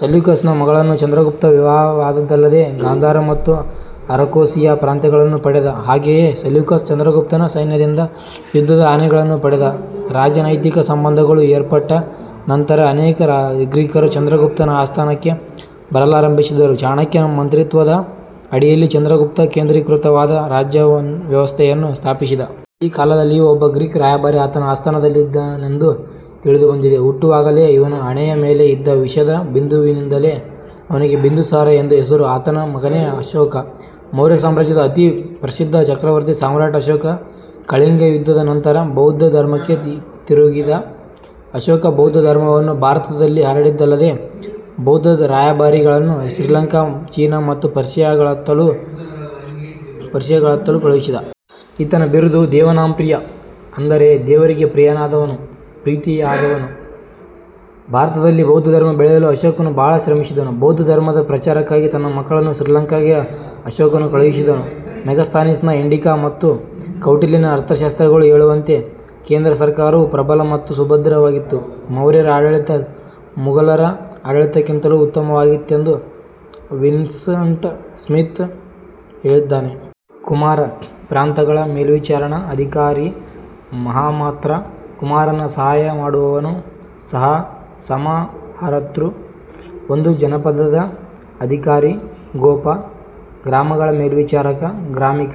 Seleucus ನ ಮಗಳನ್ನು ಚಂದ್ರಗುಪ್ತ ವಿವಾಹವಾದದ್ದಲ್ಲದೆ, ಗಾಂಧಾರ ಮತ್ತು ಅರಕೋಸಿಯಾ ಪ್ರಾಂತ್ಯಗಳನ್ನು ಪಡೆದ. ಹಾಗೆಯೇ ಸೆಲ್ಯೂಕಸ್ ಚಂದ್ರಗುಪ್ತನ ಸೈನ್ಯದಿಂದ ಯುದ್ಧದ ಆನೆ ಗಳನ್ನು ಪಡೆದ. ರಾಜನೈತಿಕ ಸಂಬಂಧಗಳು ಏರ್ಪಟ್ಟ ನಂತರ ಅನೇಕ ಗ್ರೀಕರು ಚಂದ್ರಗುಪ್ತನ ಆಸ್ಥಾನಕ್ಕೆ ಬರಲಾರಂಭಿಸಿದರು. ಚಾಣಕ್ಯನ ಮಂತ್ರಿತ್ವದ ಅಡಿಯಲ್ಲಿ ಚಂದ್ರಗುಪ್ತ ಕೇಂದ್ರೀಕೃತವಾದ ರಾಜ್ಯವ್ಯವಸ್ಥೆಯನ್ನು ಸ್ಥಾಪಿಸಿದ. ಈ ಕಾಲದಲ್ಲಿಯೂ ಒಬ್ಬ ಗ್ರೀಕ್ ರಾಯಭಾರಿ ಆತನ ಆಸ್ಥಾನದಲ್ಲಿದ್ದನೆಂದು ತಿಳಿದುಬಂದಿದೆ. ಹುಟ್ಟುವಾಗಲೆ ಇವನ ಹಣೆಯ ಮೆಲೆ ಇದ್ದ ವಿಷದ ಬಿಂದುವಿನಿಂದಲೆ ಅವನಿಗೆ ಬಿಂದುಸಾರ ಎಂದು ಹೆಸರು, ಆತನ ಮಗನೇ ಅಶೋಕ. ಮೌರ್ಯ ಸಾಮ್ರಾಜ್ಯದ ಅತಿ ಪ್ರಸಿದ್ಧ ಚಕ್ರವರ್ತಿ ಸಾಮ್ರಾಟ್ ಅಶೋಕ. ಕಳಿಂಗ ಯುದ್ಧದ ನಂತರ ಬೌದ್ಧ ಧರ್ಮಕ್ಕೆ ತಿರುಗಿದ ಅಶೋಕ ಬೌದ್ಧ ಧರ್ಮವನ್ನು ಭಾರತದಲ್ಲಿ ಹರಡಿದ್ದಲ್ಲದೆ, ಬೌದ್ಧ ರಾಯಭಾರಿಗಳನ್ನು ಶ್ರೀಲಂಕಾ, ಚೀನಾ ಮತ್ತು ಪರ್ಶಿಯಾಗಳತ್ತಲೂ ಕಳುಹಿಸಿದ. ಈತನ ಬಿರುದು"ದೇವಾಂನಾಂಪ್ರಿಯ" ಅಂದರೆ ದೇವರಿಗೆ ಪ್ರೀತಿಯಾದವನು. ಭಾರತದಲ್ಲಿ ಬೌದ್ಧ ಧರ್ಮ ಬೆಳೆಯಲು ಅಶೋಕನು ಬಹಳ ಶ್ರಮಿಸಿದನು. ಬೌದ್ದ ಧರ್ಮದ ಪ್ರಚಾರಕ್ಕಾಗಿ ತನ್ನ ಮಕ್ಕಳನ್ನು ಶ್ರೀಲಂಕಾಗೆ ಅಶೋಕನು ಕಳುಹಿಸಿದನು. ಮೆಗಸ್ತನೀಸ್-ನ "ಇಂಡಿಕಾ" ಮತ್ತು "ಕೌಟಿಲ್ಯನ ಅರ್ಥಶಾಸ್ತ್ರ"ಗಳು ಹೇಳುವಂತೆ, ಕೇಂದ್ರ ಸರಕಾರವು ಪ್ರಬಲ ಮತ್ತು ಸುಭದ್ರವಾಗಿತ್ತು. ಮೌರ್ಯರ ಆಡಳಿತ, ಮುಘಲರ ಆಡಳಿತಕ್ಕಿಂತಲೂ ಉತ್ತಮವಾಗಿತ್ತೆಂದು ವಿನ್ಸ್ಂಟ್ ಸ್ಮಿಥ್ ಹೇಳಿದ್ದಾರೆ. ಕುಮಾರ: ಪ್ರಾಂತಗಳ ಮೇಲ್ವಿಚಾರಣ ಅಧಿಕಾರಿ ಮಹಾಮಾತ್ರ: ಕುಮಾರನ ಸಹಾಯ ಮಾಡುವವನು ಸಮಹರತೃ: ಒಂದು ಜನಪದದ ಅಧಿಕಾರಿ ಗೋಪ: ಗ್ರಾಮಗಳ ಮೇಲ್ವಿಚಾರಕ ಗ್ರಾಮಿಕ: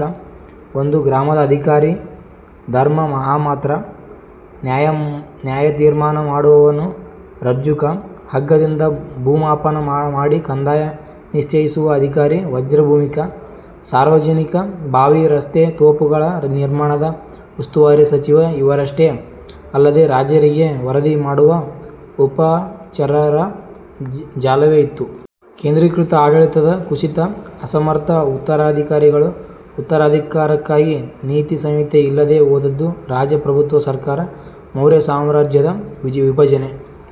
ಒಂದು ಗ್ರಾಮದ ಅಧಿಕಾರಿ ಧರ್ಮ ಮಹಾಮಾತ್ರ: ನ್ಯಾಯತೀರ್ಮಾನ ಮಾಡುವವನು ರಜ್ಜುಕ: ಹಗ್ಗದಿಂದ ಭೂಮಾಪನ ಮಾಡಿ ಕಂದಾಯ ನಿಶ್ಚಯಿಸುವ ಅಧಿಕಾರಿ ವಜ್ರಭೂಮಿಕ: ಸಾರ್ವಜನಿಕ ಬಾವಿ, ರಸ್ತೆ, ತೋಪುಗಳ ನಿರ್ಮಾಣದ ಉಸ್ತುವಾರಿ ಸಚಿವ ಇವರಷ್ಟೇ ಅಲ್ಲದೇ, ರಾಜರಿಗೆ ವರದಿ ಮಾಡುವ ಗುಪ್ತಚರರ ಜಾಲವೇ ಇತ್ತು.. ಕೇಂದ್ರೀಕೃತ ಆಡಳಿತದ ಕುಸಿತ. ಅಸಮರ್ಥ ಉತ್ತರಾಧಿಕಾರಿಗಳು. ಉತ್ತರಾಧಿಕಾರಕ್ಕಾಗಿ ನೀತಿ ಸಂಹಿತೆ ಇಲ್ಲದೆ ಹೋದದ್ದು. ರಾಜ ಪ್ರಭುತ್ವ ಸರ್ಕಾರ. ಮೌರ್ಯ ಸಾಮ್ರಾಜ್ಯದ ವಿಭಜನೆ।